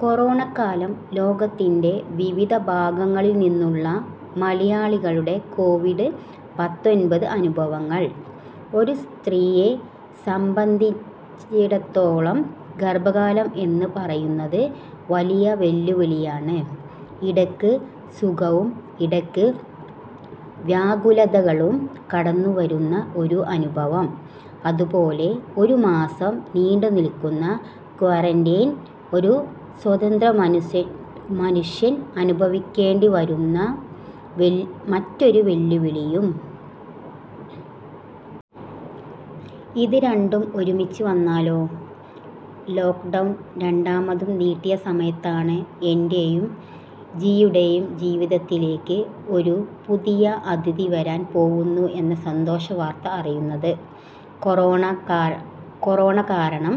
കൊറോണക്കാലം ലോകത്തിന്റെ വിവിധ ഭാഗങ്ങളില്നിന്നുള്ള മലയാളികളുടെ കൊവിഡ് പത്തൊൻമ്പത് അനുഭവങ്ങൾ. ഒരു സ്ത്രീയെ സംബന്ധിച്ചിടത്തോളം ഗര്‍ഭകാലം എന്ന് പറയുന്നത് വലിയ വെല്ലുവിളിയാണ്. ഇടയ്ക്ക് സുഖവും ഇടയ്ക്ക് വ്യാകുലതകളും കടന്നുവരുന്ന ഒരു അനുഭവം. അതുപോലെ ഒരു മാസം നീണ്ടുനില്‍ക്കുന്ന ക്വാറന്റീൻ ഒരു സ്വതന്ത്ര മനുസ്യൻ മനുഷ്യൻ അനുഭവിക്കേണ്ടി വരുന്നവെ മറ്റൊരു വെല്ലുവിളിയും. ഇത് രണ്ടും ഒരുമിച്ച് വന്നാലോ? ലോക്ക്ഡൗൺ രണ്ടാമതും നീട്ടിയ സമയത്താണ് എന്‍റെയും ജിയുടെയും ജീവിതത്തിലേക്ക് ഒരു പുതിയ അതിഥി വരാന്‍ പോവുന്നു എന്ന സന്തോഷ വാര്‍ത്ത അറിയുന്നത്. കൊറോണ കാ കൊറോണ കാരണം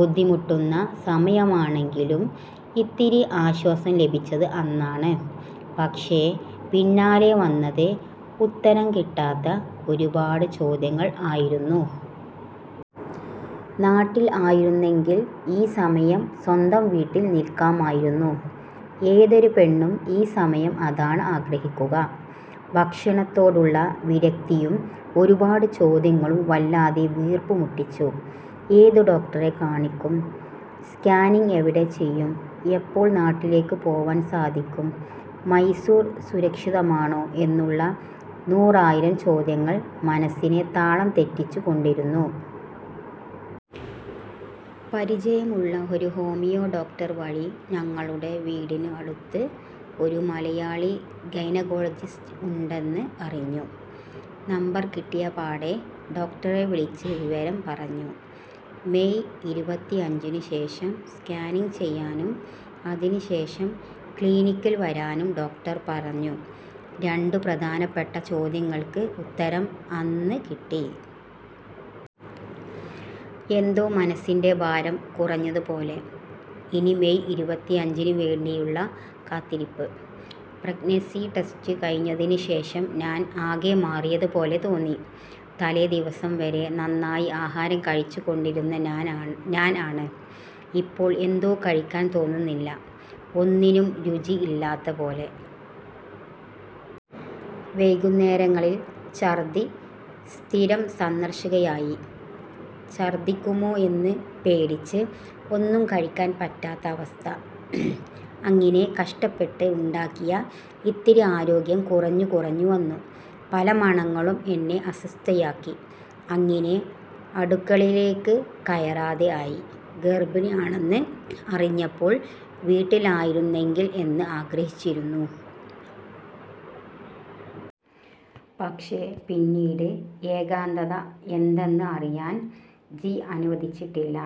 ബുദ്ധിമുട്ടുന്ന സമയമാണെങ്കിലും ഇത്തിരി ആശ്വാസം ലഭിച്ചത് അന്നാണ്. പക്ഷേ പിന്നാലെ വന്നത് ഉത്തരം കിട്ടാത്ത ഒരുപാട് ചോദ്യങ്ങള്‍ ആയിരുന്നു. നാട്ടില്‍ ആയിരുന്നെങ്കില്‍ ഈ സമയം സ്വന്തം വീട്ടില്‍ നില്‍ക്കാമായിരുന്നു. ഏതൊരു പെണ്ണും ഈ സമയം അതാണ് ആഗ്രഹിക്കുക. ഭക്ഷണത്തോടുള്ള വിരക്തിയും ഒരുപാട് ചോദ്യങ്ങളും വല്ലാതെ വീര്പ്പുമുട്ടിച്ചു. ഏത് ഡോക്ടറെ കാണിക്കും, സ്കാനിംഗ് എവിടെ ചെയ്യും, എപ്പോള്‍ നാട്ടിലേക്ക് പോവാന്‍ സാധിക്കും, മൈസൂര്‍ സുരക്ഷിതമാണോ എന്നുള്ള നൂറായിരം ചോദ്യങ്ങള്‍ മനസ്സിനെ താളം തെറ്റിച്ചു കൊണ്ടിരുന്നു. പരിചയമുള്ള ഒരു ഹോമിയോ ഡോക്ടര്‍ വഴി ഞങ്ങളുടെ വീടിനു അടുത്ത് ഒരു മലയാളി ഗൈനക്കോളജിസ്റ്റ് ഉണ്ടെന്ന് അറിഞ്ഞു. നമ്പര്‍ കിട്ടിയപാടെ ഡോക്ടറെ വിളിച്ച് വിവരം പറഞ്ഞു. മെയ് ഇരുപത്തിഅഞ്ചിന് ശേഷം സ്കാനിംഗ് ചെയ്യാനും അതിനുശേഷം ക്ലിനിക്കില്‍ വരാനും ഡോക്ടര്‍ പറഞ്ഞു. രണ്ടു പ്രധാനപ്പെട്ട ചോദ്യങ്ങള്‍ക്ക് ഉത്തരം അന്ന് കിട്ടി. എന്തോ മനസ്സിന്‍റെ ഭാരം കുറഞ്ഞത് പോലെ. ഇനി മെയ് ഇരുപത്തഞ്ചിന് വേണ്ടിയുള്ള കാത്തിരിപ്പ്. പ്രഗ്നൻസീ ടെസ്റ്റ് കഴിഞ്ഞതിനു ശേഷം ഞാന്‍ ആകെ മാറിയത് പോലെ തോന്നി. തലേ ദിവസം വരെ നന്നായി ആഹാരം കഴിച്ചു കൊണ്ടിരുന്ന ഞാനാ ഞാന്‍ ആണ്. ഇപ്പോള്‍ എന്തോ കഴിക്കാന്‍ തോന്നുന്നില്ല. ഒന്നിനും രുചി ഇല്ലാത്ത പോലെ. വൈകുന്നേരങ്ങളില്‍ ഛര്‍ദ്ദി സ്ഥിരം സന്ദര്‍ശകയായി. ഛര്‍ദ്ദിക്കുമോ എന്ന് പേടിച്ച് ഒന്നും കഴിക്കാന്‍ പറ്റാത്ത അവസ്ഥ. അങ്ങിനെ കഷ്ടപ്പെട്ട് ഉണ്ടാക്കിയ ഇത്തിരി ആരോഗ്യം കുറഞ്ഞു കുറഞ്ഞു വന്നു. പല മണങ്ങളും എന്നെ അസ്വസ്ഥയാക്കി. അങ്ങിനെ അടുക്കളയിലേക്ക് കയറാതെ ആയി. ഗര്‍ഭിണി ആണെന്ന് അറിഞ്ഞപ്പോള്‍ വീട്ടില്‍ ആയിരുന്നെങ്കില്‍ എന്ന് ആഗ്രഹിച്ചിരുന്നു. പക്ഷേ പിന്നീട് ഏകാന്തത എന്തെന്ന് അറിയാന്‍ ജി അനുവദിച്ചിട്ടില്ല.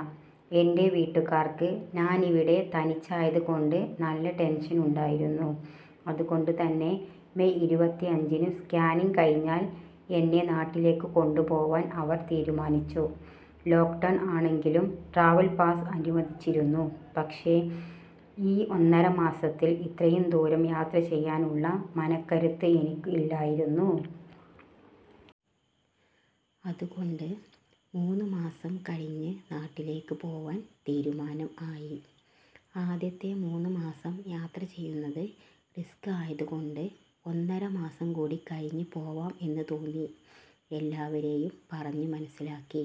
എന്‍റെ വീട്ടുകാര്‍ക്ക് ഞാനിവിടെ തനിച്ചായത് കൊണ്ട് നല്ല ടെന്‍ഷന്‍ ഉണ്ടായിരുന്നു. അതുകൊണ്ട് തന്നെ മെയ് ഇരുപത്തിഅഞ്ചിനു സ്കാനിംഗ് കഴിഞ്ഞാല്‍ എന്നെ നാട്ടിലേക്ക് കൊണ്ടു പോവാന്‍ അവര്‍ തീരുമാനിച്ചു. ലോക്ക്ഡൗൺ ആണെങ്കിലും ട്രാവല്‍ പാസ് അനുവദിച്ചിരുന്നു. പക്ഷേ ഈ ഒന്നര മാസത്തില്‍ ഇത്രയും ദൂരം യാത്ര ചെയ്യാന്‍ ഉള്ള മനക്കരുത്ത് എനിക്ക് ഇല്ലായിരുന്നു. അതുകൊണ്ട് മൂന്ന്മാസം കഴിഞ്ഞ് നാട്ടിലേക്ക് പോവാന്‍ തീരുമാനം ആയി. ആദ്യത്തെ മൂന്ന് മാസം യാത്ര ചെയ്യുന്നത് റിസ്ക് ആയത് കൊണ്ട് ഒന്നര മാസം കൂടി കഴിഞ്ഞ് പോവാം എന്ന് തോന്നി. എല്ലാവരെയും പറഞ്ഞ് മനസ്സിലാക്കി.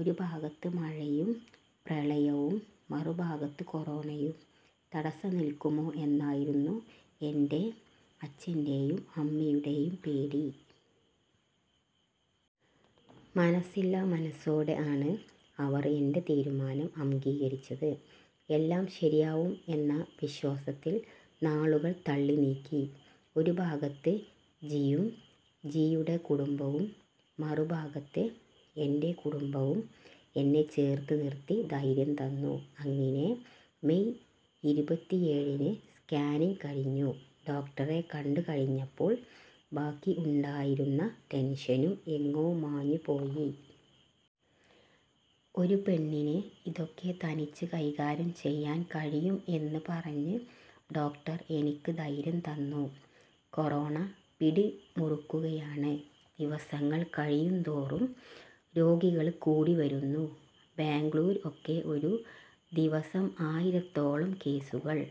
ഒരു ഭാഗത്ത് മഴയും പ്രളയവും മറുഭാഗത്ത് കൊറോണയും തടസം നില്‍ക്കുമോ എന്നായിരുന്നു എന്‍റെ അച്ചന്‍റെയും അമ്മയുടെയും പേടി. മനസ്സില്ലാമനസ്സോടെ ആണ് അവര്‍ എന്‍റെ തീരുമാനം അംഗീകരിച്ചത്. എല്ലാം ശരിയാവും എന്ന വിശ്വാസത്തില്‍ നാളുകള്‍ തള്ളി നീക്കി. ഒരു ഭാഗത്ത് ജിയും ജിയുടെ കുടുംബവും മറുഭാഗത്ത് എന്‍റെ കുടുംബവും എന്നെ ചേര്‍ത്ത് നിര്‍ത്തി ധൈര്യം തന്നു. അങ്ങിനെ മെയ് ഇരുപത്തിഏഴിന് സ്കാനിങ് കഴിഞ്ഞു. ഡോക്ടറെ കണ്ടുകഴിഞ്ഞപ്പോൾ ബാക്കി ഉണ്ടായിരുന്ന ടെന്‍ഷനും എങ്ങോ മാഞ്ഞു പോയി. ഒരു പെണ്ണിന് ഇതൊക്കെ തനിച്ച് കൈകാര്യം ചെയ്യാന്‍ കഴിയും എന്ന് പറഞ്ഞ് ഡോക്ടര്‍ എനിക്ക് ധൈര്യം തന്നു. കൊറോണ പിടി മുറുക്കുകയാണ്. ദിവസങ്ങള്‍ കഴയുംതോറും രോഗികള് കൂടി വരുന്നു. ബാംഗ്ലൂര്‍ ഒക്കെ ഒരു ദിവസം ആയിരത്തോളം കേസുകള്‍.